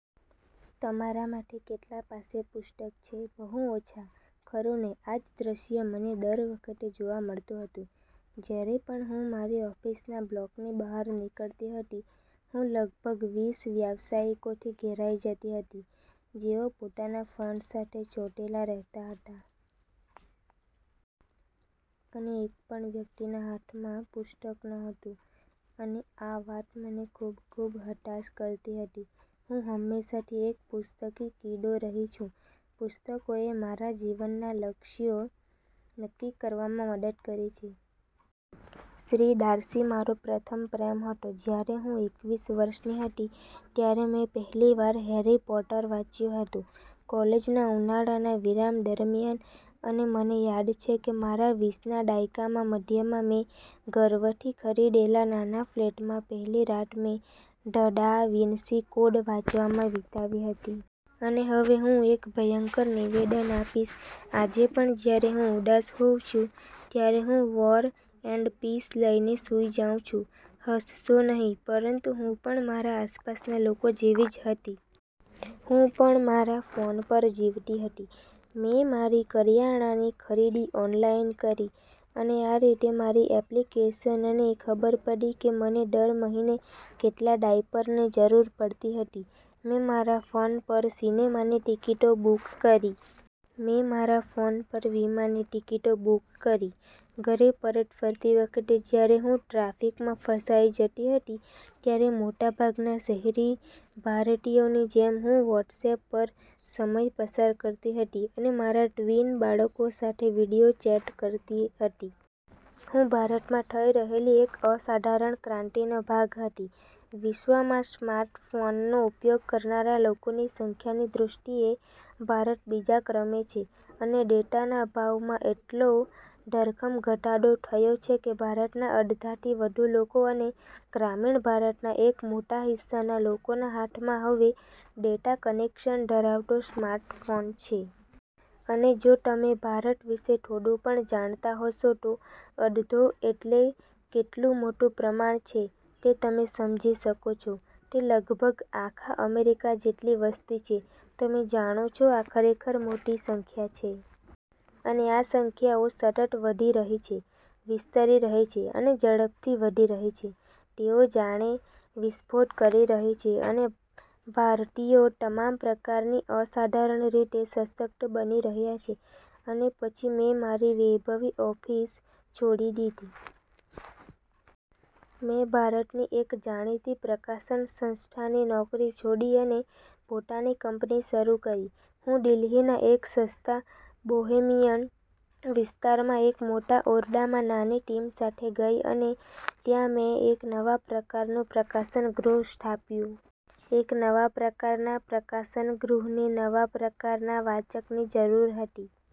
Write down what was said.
તમારામાંથી કેટલા પાસે પુસ્તક છે? બહુ ઓછા, ખરું ને? આ જ દૃશ્ય મને દર વખતે જોવા મળતું હતું, જ્યારે પણ હું મારી ઓફિસના બ્લોકની બહાર નીકળતી હતી. હું લગભગ વીસ વ્યાવસાયિકોથી ઘેરાઈ જતી હતી, જેઓ પોતાના ફોન સાથે ચોંટેલા રહેતા હતા. અને એક પણ વ્યક્તિના હાથમાં પુસ્તક ન હતું. અને આ વાત મને ખૂબ, ખૂબ હતાશ કરતી હતી. હું હંમેશાથી એક પુસ્તકી કીડો રહી છું. પુસ્તકોએ મારા જીવનના લક્ષ્યો નક્કી કરવામાં મદદ કરી છે. શ્રી ડાર્સી મારો પ્રથમ પ્રેમ હતો. જ્યારે હું એકવીસ વર્ષની હતી, ત્યારે મેં પહેલી વાર “હેરી પોટર” વાંચ્યું હતું, કોલેજના ઉનાળાના વિરામ દરમિયાન. અને મને યાદ છે કે મારા વીસના દાયકાના મધ્યમાં મેં ગર્વથી ખરીદેલા નાના ફ્લેટમાં પહેલી રાત મેં “ધ દા વિન્સી કોડ” વાંચવામાં વિતાવી હતી. અને હવે હું એક ભયંકર નિવેદન આપીશ: આજે પણ જ્યારે હું ઉદાસ હોઉં છું, ત્યારે હું “વૉર એન્ડ પીસ” લઈને સૂઈ જાઉં છું. હસશો નહીં. પરંતુ હું પણ મારા આસપાસના લોકો જેવી જ હતી. હું પણ મારા ફોન પર જીવતી હતી. મેં મારી કરિયાણાની ખરીદી ઓનલાઈન કરી અને આ રીતે મારી એપ્લિકેશનને ખબર પડી કે મને દર મહિને કેટલા ડાયપરની જરૂર પડતી હતી. મેં મારા ફોન પર સિનેમાની ટિકિટો બુક કરી. મેં મારા ફોન પર વિમાની ટિકિટો બુક કરી. ઘરે પરત ફરતી વખતે, જ્યારે હું ટ્રાફિકમાં ફસાઈ જતી હતી, ત્યારે મોટાભાગના શહેરી ભારતીયોની જેમ હું વોટ્સએપ પર સમય પસાર કરતી હતી અને મારા ટ્વિન બાળકો સાથે વિડિયો ચેટ કરતી હતી. હું ભારતમાં થઈ રહેલી એક અસાધારણ ક્રાંતિનો ભાગ હતી. વિશ્વમાં સ્માર્ટફોનનો ઉપયોગ કરનારા લોકોની સંખ્યાની દૃષ્ટિએ ભારત બીજા ક્રમે છે. અને ડેટાના ભાવમાં એટલો ધરખમ ઘટાડો થયો છે કે ભારતના અડધાથી વધુ લોકો અને ગ્રામીણ ભારતના એક મોટા હિસ્સાના લોકોના હાથમાં હવે ડેટા કનેક્શન ધરાવતો સ્માર્ટફોન છે. અને જો તમે ભારત વિશે થોડું પણ જાણતા હશો, તો “અડધો” એટલે કેટલું મોટું પ્રમાણ છે તે તમે સમજી શકો છો. તે લગભગ આખા અમેરિકા જેટલી વસ્તી છે. તમે જાણો છો, આ ખરેખર મોટી સંખ્યા છે. અને આ સંખ્યાઓ સતત વધી રહી છે, વિસ્તરી રહી છે અને ઝડપથી વધી રહી છે. તેઓ જાણે વિસ્ફોટ કરી રહી છે. અને ભારતીયો તમામ પ્રકારની અસાધારણ રીતે સશક્ત બની રહ્યા છે. અને પછી મેં મારી વૈભવી ઓફિસ છોડી દીધી. મેં ભારતની એક જાણીતી પ્રકાશન સંસ્થાની નોકરી છોડી અને પોતાની કંપની શરૂ કરી. હું દિલ્હીના એક સસ્તા બોહેમિયન વિસ્તારમાં એક મોટા ઓરડામાં નાની ટીમ સાથે ગઈ. અને ત્યાં મેં એક નવા પ્રકારનું પ્રકાશન ગૃહ સ્થાપ્યું. એક નવા પ્રકારના પ્રકાશન ગૃહને નવા પ્રકારના વાચકની જરૂર હતી.